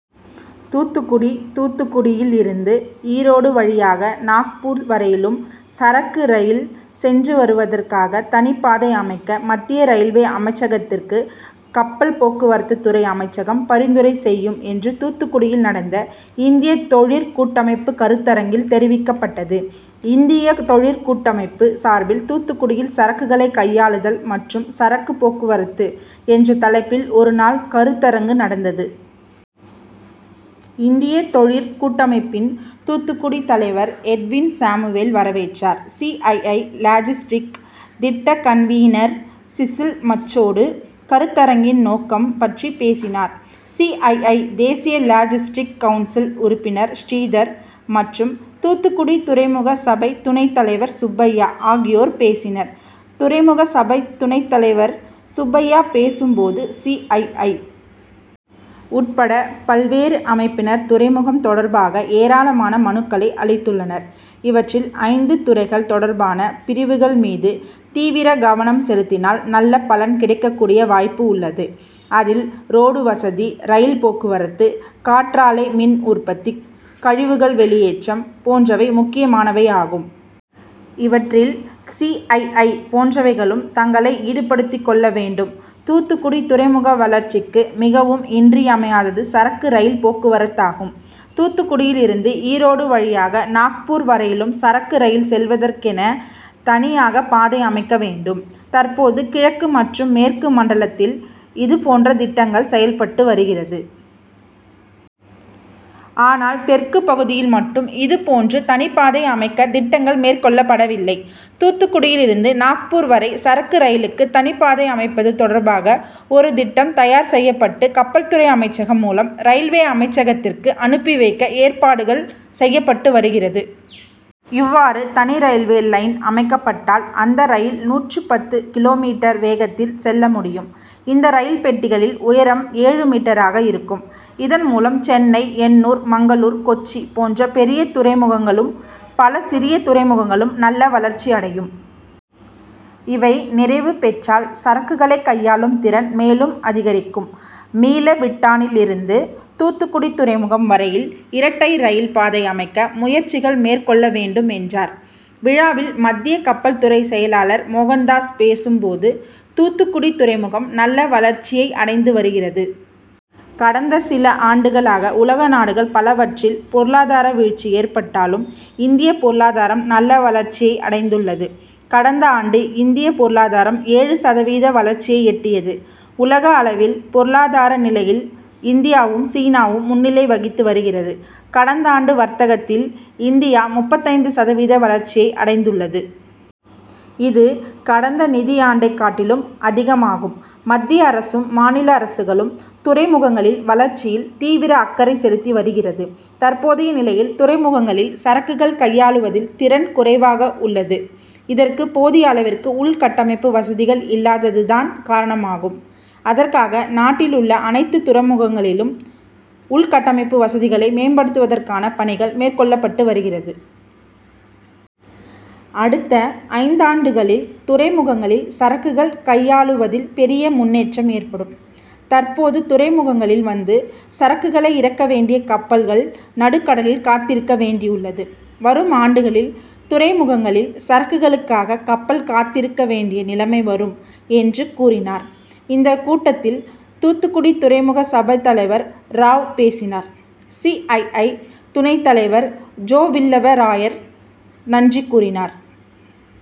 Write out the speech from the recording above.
தூத்துக்குடி தூத்துக்குடியில் இருந்து ஈரோடு வழியாக நாக்பூர் வரையிலும் சரக்கு ரயில் சென்று வருவதற்காக தனிப்பாதை அமைக்க மத்திய ரயில்வே அமைச்சகத்திற்கு கப்பல் போக்குவரத்துறை அமைச்சகம் பரிந்துரை செய்யும் என்று தூத்துக்குடியில் நடந்த இந்திய தொழிற்கூட்டமைப்பு கருத்தரங்கில் தெரிவிக்கப்பட்டது. இந்திய தொழிற்கூட்டமைப்பு சார்பில் தூத்துக்குடியில் சரக்குகளை கையாளுதல் மற்றும் சரக்கு போக்குவரத்து என்ற தலைப்பில் ஒருநாள் கருத்தரங்கு நடந்தது. இந்திய தொழிற்கூட்டமைப்பின் தூத்துக்குடி தலைவர் எட்வின்சாமுவேல் வரவேற்றார். சிஐஐ., லாஜிஸ்டிக் திட்ட கன்வீனர் சிசில் மச்சோடு கருத்தரங்கின் நோக்கம் பற்றி பேசினார். சிஐஐ., தேசிய லாஜிஸ்டிக் கவுன்சில் உறுப்பினர் ஸ்ரீதர் மற்றும் தூத்துக்குடி துறைமுக சபை துணைத் தலைவர் சுப்பையா ஆகியோர் பேசினர். துறைமுக சபைத் துணைத் தலைவர் சுப்பையா பேசும் போது, சிஐஐ., உட்பட பல்வேறு அமைப்பினர் துறைமுகம் தொடர்பாக ஏராளமான மனுக்களை அளித்துள்ளனர். இவற்றில் ஐந்து துறைகள் தொடர்பான பிரிவுகள் மீது தீவிர கவனம் செலுத்தினால் நல்ல பலன் கிடைக்கக் கூடிய வாய்ப்பு உள்ளது. அதில் ரோடு வசதி, ரயில் போக்குவரத்து, காற்றாலை மின் உற்பத்தி, கழிவுகள் வெளியேற்றம் போன்றவை முக்கியமானவையாகும். இவற்றில் சிஐஐ., போன்றவைகளும் தங்களை ஈடுபடுத்திக் கொள்ள வேண்டும். தூத்துக்குடி துறைமுக வளர்ச்சிக்கு மிகவும் இன்றியமையாதது சரக்கு ரயில் போக்குவரத்தாகும். தூத்துக்குடியில் இருந்து ஈரோடு வழியாக நாக்பூர் வரையிலும் சரக்கு ரயில் செல்வதற்கென தனியாக பாதை அமைக்க வேண்டும். தற்போது கிழக்கு மற்றும் மேற்கு மண்டலத்தில் இது போன்ற திட்டங்கள் செயல்பட்டு வருகிறது. ஆனால் தெற்கு பகுதியில் மட்டும் இது போன்று தனிப்பாதை அமைக்க திட்டங்கள் மேற்கொள்ளப்படவில்லை. தூத்துக்குடியில் இருந்து நாக்பூர் வரை சரக்கு ரயிலுக்கு தனிப்பாதை அமைப்பது தொடர்பாக ஒரு திட்டம் தயார் செய்யப்பட்டு கப்பல் துறை அமைச்சகம் மூலம் ரயில்வே அமைச்சகத்திற்கு அனுப்பி வைக்க ஏற்பாடுகள் செய்யப்பட்டு வருகிறது. இவ்வாறு தனி ரயில்வே லைன் அமைக்கப்பட்டால் அந்த ரயில் நூற்று பத்து கிமீ வேகத்தில் செல்ல முடியும். இந்த ரயில் பெட்டிகளில் உயரம் ஏழு மீட்டராக இருக்கும். இதன் மூலம் சென்னை, எண்ணூர், மங்களூர், கொச்சி போன்ற பெரிய துறைமுகங்களும், பல சிறிய துறைமுகங்களும் நல்ல வளர்ச்சி அடையும். இவை நிறைவு பெற்றால் சரக்குகளை கையாளும் திறன் மேலும் அதிகரிக்கும். மீளவிட்டானில் இருந்து தூத்துக்குடி துறைமுகம் வரையில் இரட்டை ரயில் பாதை அமைக்க முயற்சிகள் மேற்கொள்ள வேண்டும் என்றார். விழாவில் மத்திய கப்பல் துறை செயலாளர் மோகன்தாஸ் பேசும் போது, தூத்துக்குடி துறைமுகம் நல்ல வளர்ச்சியை அடைந்து வருகிறது. கடந்த சில ஆண்டுகளாக உலக நாடுகள் பலவற்றில் பொருளாதார வீழ்ச்சி ஏற்பட்டாலும், இந்திய பொருளாதாரம் நல்ல வளர்ச்சியை அடைந்துள்ளது. கடந்தாண்டு இந்திய பொருளாதாரம் ஏழு சதவீத வளர்ச்சியை எட்டியது. உலக அளவில் பொருளாதார நிலையில் இந்தியாவும், சீனாவும் முன்னிலை வகித்து வருகிறது. கடந்தாண்டு வர்த்தகத்தில் இந்தியா முப்பத்தைந்து சதவீத வளர்ச்சியை அடைந்துள்ளது. இது கடந்த நிதியாண்டை காட்டிலும் அதிகமாகும். மத்திய அரசும், மாநில அரசுகளும் துறைமுகங்களில் வளர்ச்சியில் தீவிர அக்கறை செலுத்தி வருகிறது. தற்போதைய நிலையில் துறைமுகங்களில் சரக்குகள் கையாளுவதில் திறன் குறைவாக உள்ளது. இதற்கு போதிய அளவிற்கு உள்கட்டமைப்பு வசதிகள் இல்லாதது தான் காரணமாகும். அதற்காக நாட்டில் உள்ள அனைத்து துறைமுகங்களிலும் உள்கட்டமைப்பு வசதிகளை மேம்படுத்துவதற்கான பணிகள் மேற்கொள்ளப்பட்டு வருகிறது. அடுத்த ஐந்தாண்டுகளில் துறைமுகங்களில் சரக்குகள் கையாளுவதில் பெரிய முன்னேற்றம் ஏற்படும். தற்போது துறைமுகங்களில் வந்து சரக்குகளை இறக்க வேண்டிய கப்பல்கள் நடுக்கடலில் காத்திருக்க வேண்டியுள்ளது. வரும் ஆண்டுகளில் துறைமுகங்களில் சரக்குகளுக்காக கப்பல் காத்திருக்க வேண்டிய நிலைமை வரும் என்று கூறினார். இந்த கூட்டத்தில் தூத்துக்குடி துறைமுக சபைத் தலைவர் ராவ் பேசினார். சிஐஐ., துணைத் தலைவர் ஜோவில்லவராயர் நன்றி கூறினார்.